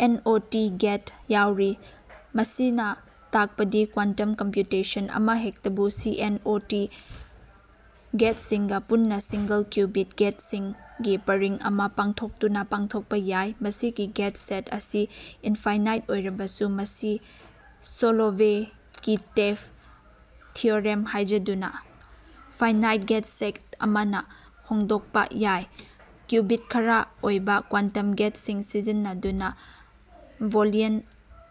And. O. T. Get ꯌꯥꯎꯔꯤ꯫ ꯃꯁꯤꯅ ꯇꯥꯛꯄꯗꯤ ꯀ꯭ꯋꯥꯟꯇꯝ ꯀꯝꯄ꯭ꯌꯨꯇꯦꯁꯟ ꯑꯃꯍꯦꯛꯇꯕꯨ ꯁꯤ. ꯑꯦꯟ. ꯑꯣ. ꯇꯤ. ꯒꯦꯠꯁꯤꯡꯒ ꯄꯨꯟꯅ ꯁꯤꯡꯒꯜ-ꯀ꯭ꯌꯨꯕꯤꯠ ꯒꯦꯠꯁꯤꯡꯒꯤ ꯄꯔꯤꯡ ꯑꯃ ꯄꯥꯡꯊꯣꯛꯇꯨꯅ ꯄꯥꯡꯊꯣꯛꯄ ꯌꯥꯏ꯫ ꯃꯁꯤꯒꯤ ꯒꯦꯠ ꯁꯦꯠ ꯑꯁꯤ ꯏꯟꯐꯥꯏꯅꯥꯏꯠ ꯑꯣꯏꯔꯕꯁꯨ, ꯃꯁꯤ ꯁꯣꯂꯣꯚꯦ-ꯀꯤꯇꯦꯚ ꯊꯤꯑꯣꯔꯦꯝ ꯍꯥꯏꯖꯗꯨꯅ ꯐꯥꯏꯅꯥꯏꯠ ꯒꯦꯠ ꯁꯦꯠ ꯑꯃꯅ ꯍꯣꯡꯗꯣꯛꯄ ꯌꯥꯏ꯫ ꯀ꯭ꯌꯨꯕꯤꯠ-ꯈꯔ ꯑꯣꯏꯕ ꯀ꯭ꯋꯥꯟꯇꯝ ꯒꯦꯠꯁꯤꯡ ꯁꯤꯖꯤꯟꯅꯗꯨꯅ ꯕꯣꯂꯤꯌꯟ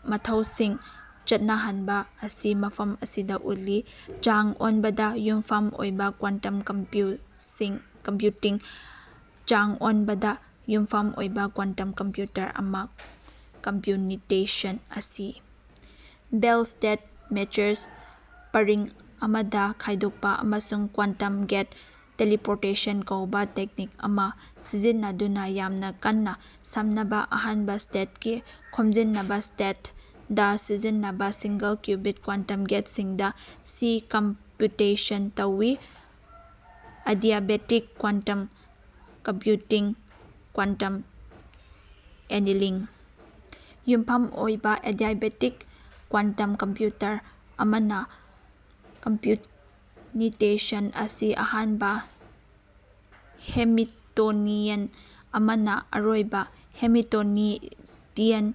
ꯃꯊꯧꯁꯤꯡ ꯆꯠꯅꯍꯟꯕ ꯑꯁꯤ ꯃꯐꯝ ꯑꯁꯤꯗ ꯎꯠꯂꯤ꯫ ꯆꯥꯡ ꯑꯣꯟꯕꯗ ꯌꯨꯝꯐꯝ ꯑꯣꯏꯕ ꯀ꯭ꯋꯥꯟꯇꯝ ꯀꯝꯄꯨꯇꯤꯡ ꯆꯥꯡ ꯑꯣꯟꯕꯗ ꯌꯨꯝꯐꯝ ꯑꯣꯏꯕ ꯀ꯭ꯋꯥꯟꯇꯝ ꯀꯝꯄ꯭ꯌꯨꯇꯔ ꯑꯃꯅ ꯀꯝꯄ꯭ꯌꯨꯅꯤꯇꯦꯁꯟ ꯑꯁꯤ ꯕꯦꯜ ꯁ꯭ꯇꯦꯠ ꯃꯦꯆꯔꯁ ꯄꯔꯤꯡ ꯑꯃꯗ ꯈꯥꯏꯗꯣꯛꯏ ꯑꯃꯁꯨꯡ ꯀ꯭ꯋꯥꯟꯇꯝ ꯒꯦꯠ ꯇꯦꯂꯤꯄꯣꯔꯇꯦꯁꯟ ꯀꯧꯕ ꯇꯦꯛꯅꯤꯛ ꯑꯃ ꯁꯤꯖꯤꯟꯅꯗꯨꯅ ꯌꯥꯝꯅ ꯀꯟꯅ ꯁꯝꯅꯕ ꯑꯍꯥꯟꯕ ꯁ꯭ꯇꯦꯠꯀꯤ (ꯈꯣꯝꯖꯤꯟꯕ ꯁ꯭ꯇꯦꯠ) ꯗ ꯁꯤꯖꯤꯟꯅꯕ ꯁꯤꯡꯒꯜ-ꯀ꯭ꯌꯨꯕꯤꯠ ꯀ꯭ꯋꯥꯟꯇꯝ ꯒꯦꯠꯁꯤꯡꯗ ꯁꯤꯀꯝꯄꯨꯇꯦꯁꯟ ꯇꯧꯋꯤ꯫ Adiabatic quantum computing quantum annealing ꯌꯨꯝꯐꯝ ꯑꯣꯏꯕ ꯑꯦꯗꯤꯌꯥꯕꯦꯇꯤꯛ ꯀ꯭ꯋꯥꯟꯠꯝ ꯀꯝꯄ꯭ꯌꯨꯇꯔ ꯑꯃꯅ, ꯀꯝꯄ꯭ꯌꯨꯅꯤꯇꯦꯁꯟ ꯑꯁꯤ ꯑꯍꯥꯟꯕ ꯍꯦꯃꯤꯇꯣꯅꯤꯌꯟ ꯑꯃꯅ ꯑꯔꯣꯏꯕ ꯍꯦꯃꯤꯇꯣꯅꯤꯇꯤꯌꯟ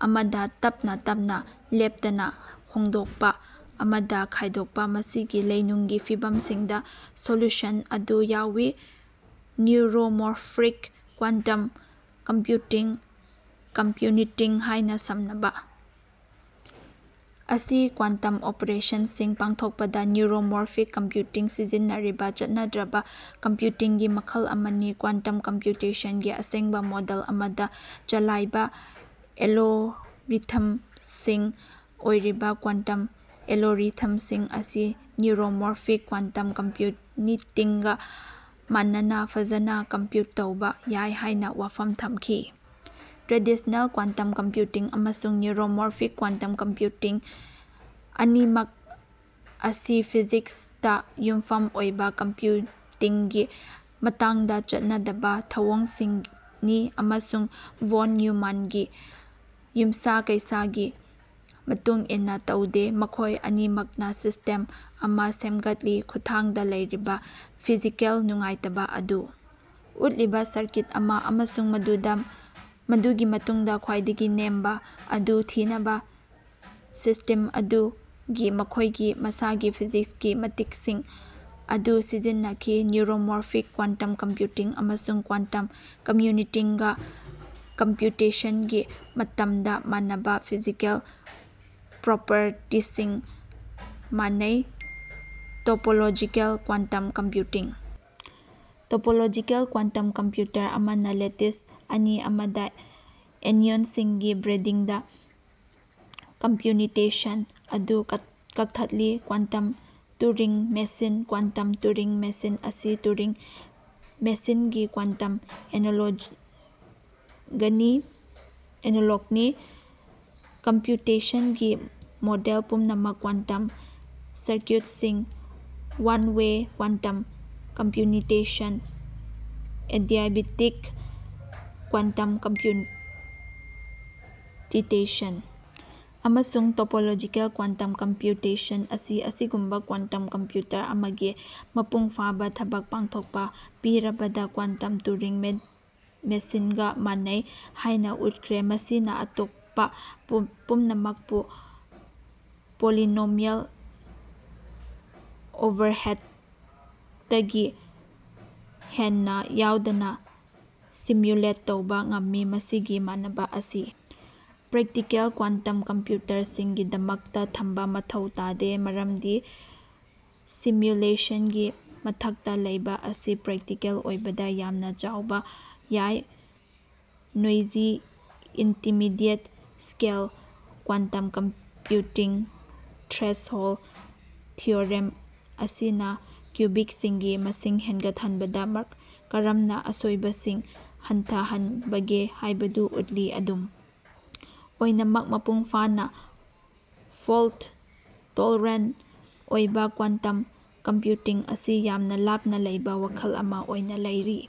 ꯑꯃꯗ ꯇꯞꯅ ꯇꯞꯅ ꯂꯦꯞꯇꯅ ꯍꯣꯡꯗꯣꯛꯄ ꯑꯃꯗ ꯈꯥꯏꯗꯣꯛꯏ, ꯃꯁꯤꯒꯤ ꯂꯩꯅꯨꯡꯒꯤ ꯐꯤꯚꯝꯁꯤꯡꯗ ꯁꯣꯂꯨꯁꯟ ꯑꯗꯨ ꯌꯥꯎꯏ꯫ ꯅ꯭ꯌꯨꯔꯣꯃꯣꯐ꯭ꯔꯤꯛ ꯀ꯭ꯋꯥꯟꯇꯝ ꯀꯝꯄ꯭ꯌꯨꯇꯤꯡ ("ꯀꯝꯄ꯭ꯌꯨꯅꯤꯇꯤꯡ " ꯍꯥꯏꯅ ꯁꯝꯅꯕ) ꯑꯁꯤ ꯀ꯭ꯋꯥꯟꯇꯝ ꯑꯣꯄꯔꯦꯁꯟꯁꯤꯡ ꯄꯥꯡꯊꯣꯛꯄꯗ ꯅ꯭ꯌꯨꯔꯣꯃꯣꯔꯐꯤꯛ ꯀꯝꯄ꯭ꯌꯨꯇꯤꯡ ꯁꯤꯖꯤꯟꯅꯔꯤꯕ ꯆꯠꯅꯗ꯭ꯔꯕ ꯀꯝꯄ꯭ꯌꯨꯇꯤꯡꯒꯤ ꯃꯈꯜ ꯑꯃꯅꯤ꯫ ꯀ꯭ꯋꯥꯟꯇꯝ ꯀꯝꯄ꯭ꯌꯨꯇꯦꯁꯟꯒꯤ ꯑꯁꯦꯡꯕ ꯃꯣꯗꯦꯜ ꯑꯃꯗ ꯆꯂꯥꯏꯕ ꯑꯦꯂꯣꯔꯤꯊꯝꯁꯤꯡ ꯑꯣꯏꯔꯤꯕ ꯀ꯭ꯋꯥꯟꯇꯝ ꯑꯦꯂꯣꯔꯤꯊꯝꯁꯤꯡ ꯑꯁꯤ ꯅ꯭ꯌꯨꯔꯣꯃꯣꯐ꯭ꯔꯤꯛ ꯀ꯭ꯋꯥꯟꯇꯝ ꯀꯝꯄ꯭ꯌꯨꯅꯤꯇꯤꯡꯒ ꯃꯥꯟꯅꯅ ꯐꯖꯅ ꯀꯝꯄ꯭ꯌꯨꯠ ꯇꯧꯕ ꯌꯥꯏ ꯍꯥꯏꯅ ꯋꯥꯐꯝ ꯊꯝꯈꯤ꯫ ꯇ꯭ꯔꯦꯗꯤꯁꯅꯦꯜ ꯀ꯭ꯋꯥꯟꯇꯝ ꯀꯝꯄ꯭ꯌꯨꯇꯤꯡ ꯑꯃꯁꯨꯡ ꯅ꯭ꯌꯨꯔꯣꯃꯣꯔꯐꯤꯛ ꯀ꯭ꯋꯥꯟꯇꯝ ꯀꯝꯄ꯭ꯌꯨꯅꯤꯇꯤꯡ ꯑꯅꯤꯃꯛ ꯑꯁꯤ ꯐꯤꯖꯤꯛꯁꯇ ꯌꯨꯝꯐꯝ ꯑꯣꯏꯕ ꯀꯝꯄ꯭ꯌꯨꯇꯤꯡꯒꯤ ꯃꯇꯥꯡꯗ ꯆꯠꯅꯗꯕ ꯊꯧꯑꯣꯡꯁꯤꯡꯅꯤ ꯑꯃꯁꯨꯡ ꯚꯣꯟ ꯅ꯭ꯌꯨꯃꯥꯟꯒꯤ ꯌꯨꯝꯁꯥ-ꯀꯩꯁꯥꯒꯤ ꯃꯇꯨꯡ ꯏꯟꯅ ꯇꯧꯗꯦ꯫ ꯃꯈꯣꯏ ꯑꯅꯤꯃꯛꯅ ꯁꯤꯁꯇꯦꯝ ꯑꯃ ꯁꯦꯝꯒꯠꯂꯤ (ꯈꯨꯊꯥꯡꯗ ꯂꯩꯔꯤꯕ ꯐꯤꯖꯤꯀꯦꯜ ꯅꯨꯡꯉꯥꯏꯇꯕ ꯑꯗꯨ ꯎꯠꯂꯤꯕ ꯁꯔꯀꯤꯠ ꯑꯃ) ꯑꯃꯁꯨꯡ ꯃꯗꯨꯒꯤ ꯃꯇꯨꯡꯗ "ꯈ꯭ꯋꯥꯏꯗꯒꯤ ꯅꯦꯝꯕ" ꯑꯗꯨ ꯊꯤꯅꯕ ꯁꯤꯁꯇꯤꯝ ꯑꯗꯨꯒꯤ ꯃꯈꯣꯏꯒꯤ ꯃꯁꯥꯒꯤ ꯐꯤꯖꯤꯛꯁꯀꯤ ꯃꯇꯤꯛꯁꯤꯡ ꯑꯗꯨ ꯁꯤꯖꯤꯟꯅꯈꯤ꯫ ꯅ꯭ꯌꯨꯔꯣꯃꯣꯐ꯭ꯔꯤꯛ ꯀ꯭ꯋꯥꯟꯇꯝ ꯀꯝꯄ꯭ꯌꯨꯇꯤꯡ ꯑꯃꯁꯨꯡ ꯀ꯭ꯋꯥꯟꯠꯝ ꯀꯝꯄ꯭ꯌꯨꯅꯤꯇꯤꯡꯅ ꯀꯝꯄ꯭ꯌꯨꯇꯦꯁꯟꯒꯤ ꯃꯇꯝꯗ ꯃꯥꯟꯅꯕ ꯐꯤꯖꯤꯀꯦꯜ ꯄ꯭ꯔꯣꯄꯔꯇꯤꯁꯤꯡ ꯃꯥꯟꯅꯩ꯫ Topological quantum computing topological quantum computer ꯑꯃꯅ ꯂꯦꯇꯤꯁ ꯑꯅꯤ ꯑꯃꯗ ꯑꯦꯅꯤꯑꯣꯟꯁꯤꯡꯒꯤ ꯕ꯭ꯔꯦꯗꯤꯡꯗ ꯀꯝꯄ꯭ꯌꯨꯅꯤꯇꯦꯁꯟ ꯑꯗꯨ ꯀꯛꯊꯠꯂꯤ꯫ Quantum Turing machine quantum Turing machine ꯑꯁꯤ ꯇꯨꯔꯤꯡ ꯃꯦꯁꯤꯟꯒꯤ ꯀ꯭ꯋꯥꯟꯇꯝ ꯑꯦꯅꯣꯂꯣꯒꯅꯤ꯫ ꯀꯝꯄ꯭ꯌꯨꯇꯦꯁꯟꯒꯤ ꯃꯣꯗꯦꯜ ꯄꯨꯝꯅꯃꯛ-ꯀ꯭ꯋꯥꯟꯇꯝ ꯁꯔꯀ꯭ꯌꯨꯠꯁꯤꯡ, one way quantum computation, adiabatic quantum computation, ꯑꯃꯁꯨꯡ ꯇꯣꯄꯣꯂꯣꯖꯤꯀꯦꯜ ꯀ꯭ꯋꯥꯟꯠꯝ ꯀꯝꯄ꯭ꯌꯨꯇꯦꯁꯟ -ꯑꯁꯤ ꯑꯁꯤꯒꯨꯝꯕ ꯀ꯭ꯋꯥꯟꯇꯝ ꯀꯝꯄ꯭ꯌꯨꯇꯔ ꯑꯃꯒꯤ ꯃꯄꯨꯡ ꯐꯥꯕ ꯊꯕꯛ ꯄꯥꯡꯊꯣꯛꯄ ꯄꯤꯔꯕꯗ ꯀ꯭ꯋꯥꯟꯇꯝ ꯇꯨꯔꯤꯡ ꯃꯦꯁꯤꯟꯒ ꯃꯥꯟꯅꯩ ꯍꯥꯏꯅ ꯎꯠꯈ꯭ꯔꯦ, ꯃꯁꯤꯅ ꯑꯇꯣꯞꯄ ꯄꯨꯝꯅꯃꯛꯄꯨ ꯄꯣꯂꯤꯅꯣꯃꯤꯌꯦꯜ ꯑꯣꯚꯔꯍꯦꯗꯇꯒꯤ ꯍꯦꯟꯅ ꯌꯥꯎꯗꯅ ꯁꯤꯃ꯭ꯌꯨꯂꯦꯠ ꯇꯧꯕ ꯉꯝꯃꯤ꯫ ꯃꯁꯤꯒꯤ ꯃꯥꯟꯅꯕ ꯑꯁꯤ ꯄ꯭ꯔꯦꯛꯇꯤꯀꯦꯜ ꯀ꯭ꯋꯥꯟꯇꯝ ꯀꯝꯄ꯭ꯌꯨꯇꯔꯁꯤꯡꯒꯤꯗꯃꯛꯇ ꯊꯝꯕ ꯃꯊꯧ ꯇꯥꯗꯦ, ꯃꯔꯝꯗꯤ ꯁꯤꯃ꯭ꯌꯨꯂꯦꯁꯟꯒꯤ ꯃꯊꯛꯇ ꯂꯩꯕ ꯑꯁꯤ ꯄ꯭ꯔꯦꯛꯇꯤꯀꯦꯜ ꯑꯣꯏꯕꯗ ꯌꯥꯝꯅ ꯆꯥꯎꯕ ꯌꯥꯏ꯫ Noisy intermediate scale quantum computing threshold theorem ꯑꯁꯤꯅ ꯀ꯭ꯌꯨꯕꯤꯛꯁꯤꯡꯒꯤ ꯃꯁꯤꯡ ꯍꯦꯟꯒꯠꯍꯟꯕꯅ ꯀꯔꯝꯅ ꯑꯁꯣꯏꯕꯁꯤꯡ ꯍꯟꯊꯍꯟꯕꯒꯦ ꯍꯥꯏꯕꯗꯨ ꯎꯠꯂꯤ, ꯑꯗꯨꯝ ꯑꯣꯏꯅꯃꯛ ꯃꯄꯨꯡꯐꯥꯅ ꯐꯣꯜꯠ-ꯇꯣꯜꯔꯦꯟ ꯑꯣꯏꯕ ꯀ꯭ꯋꯥꯟꯇꯝ ꯀꯝꯄ꯭ꯌꯨꯇꯤꯡ ꯑꯁꯤ "ꯌꯥꯝꯅ ꯂꯥꯞꯅ ꯂꯩꯕ ꯋꯥꯈꯜ ꯑꯃ" ꯑꯣꯏꯅ ꯂꯩꯔꯤ꯫